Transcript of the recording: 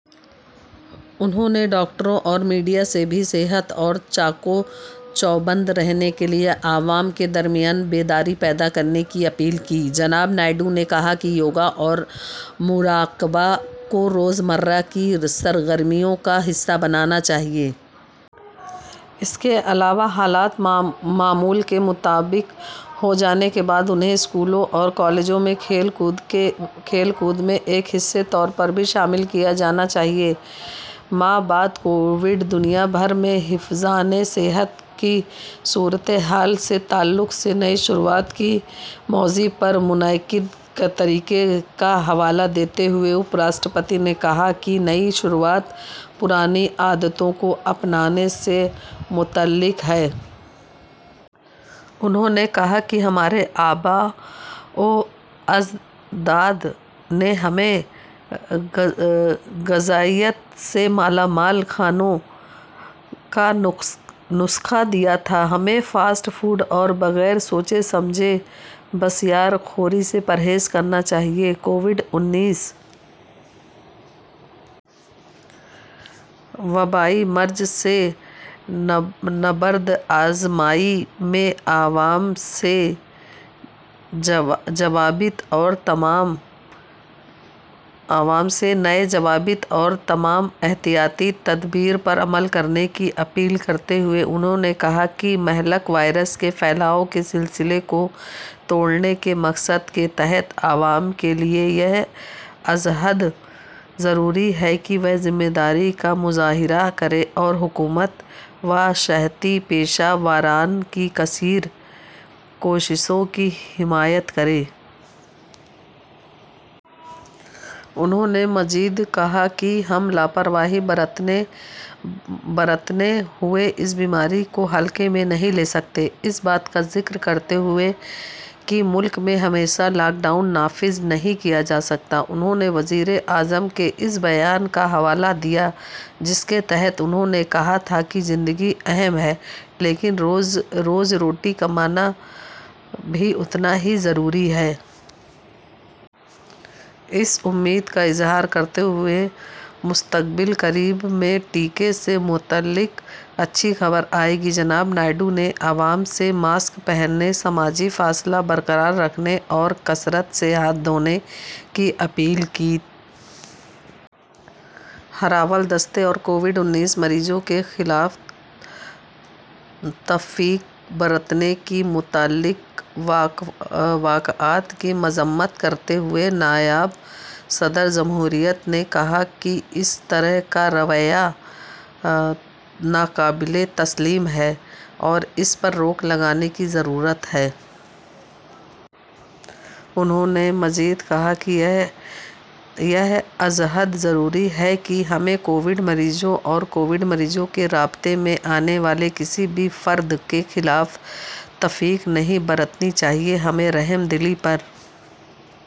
انہوں نے ڈاکٹروں اور میڈیا سے بھی صحت اور چاق و چوبند رہنے کے لئے عوام کے درمیان بیداری پیدا کرنے کی اپیل کی۔ جناب نائیڈو نے کہا کہ یوگا اور مراقبہ کو روزمرہ کی سرگرمیوں کا حصہ بنانا چاہئے۔ اس کے علاوہ حالات معمول کے مطابق ہو جانے کے بعد انہیں اسکولوں اور کالجوں میں کھیل کود میں ایک حصے طور پر بھی شامل کیا جانا چاہئے۔ مابعد کووِڈ دنیا بھر میں حفظانِ صحت کی صورتحال کے تعلق سے نئی شروعات کے موضوع پر منعقدہ تقریب کا حوالہ دیتے ہوئے نائب صدر جمہوریہ نے کہا کہ نئی شروعات پرانی عادتوں کو اپنانے سے متعلق ہے۔ انہوں نے کہا کہ، ''ہمارے آباو اجداد نے ہمیں غذائیت سے مالامال کھانوں کا نسخہ دیا تھا۔ ہمیں فاسٹ فوڈ اور بغیر سوچے سمجھے بسیار خوری سے پرہیز کرنا چاہئے۔ '' کووِڈ انیس وبائی مرض سے نبردآزمائی میں عوام سے نئے ضوابط اور تمام احتیاطی تدابیر پر عمل کرنے کی اپیل کرتے ہوئے انہوں نے کہا کہ مہلک وائرس کے پھیلاؤ کے سلسلے کو توڑنے کے مقصد کے تحت عوام کے لئے یہ ازحد ضروری ہے کہ وہ ذمہ داری کا مظاہرہ کریں اور حکومت و صحتی پیشہ واران کی کثیر النوع کوششوں کی حمایت کریں۔ انہوں نے مزید کہا کہ، ''ہم لاپرواہی برتنے ہوئے اس بیماری کو ہلکے میں نہیں لے سکتے۔ '' اس بات کا ذکر کرتے ہوئے کہ ملک میں ہمیشہ لاک ڈاؤن نافذ نہیں کیا جا سکتا، انہوں نے وزیر اعظم کے اس بیان کا حوالہ دیا جس کے تحت انہوں نے کہا تھا کہ زندگی اہم ہے لیکن روز روٹی کمانا بھی اتنا ہی ضروری ہے۔ اس امید کا اظہار کرتے ہوئے کہ مستقبل قریب میں ٹیکہ سے متعلق اچھی خبر آئے گی، جناب نائیڈو نے عوام سے ماسک پہننے، سماجی فاصلہ برقرار رکھنے اور کثرت سے ہاتھ دھونے کی اپیل کی۔ ہراول دستے اور کووِڈ انیس مریضوں کے خلاف تفریق برتنے سے متعلق واقعات کی مذمت کرتے ہوئے نائب صدر جمہوریہ نے کہا کہ اس طرح کا رویہ ناقابل تسلیم ہے اور اس پر روک لگانے کی ضرورت ہے۔ انہوں نے مزید کہا کہ، ''یہ ازحد ضروری ہے کہ ہمیں کووِڈ مریضوں اور کووِڈ مریضوں کے رابطے میں آنے والے کسی بھی فرد کے خلاف تفریق نہیں برتنی چاہئے۔ ہمیں رحم دلی پر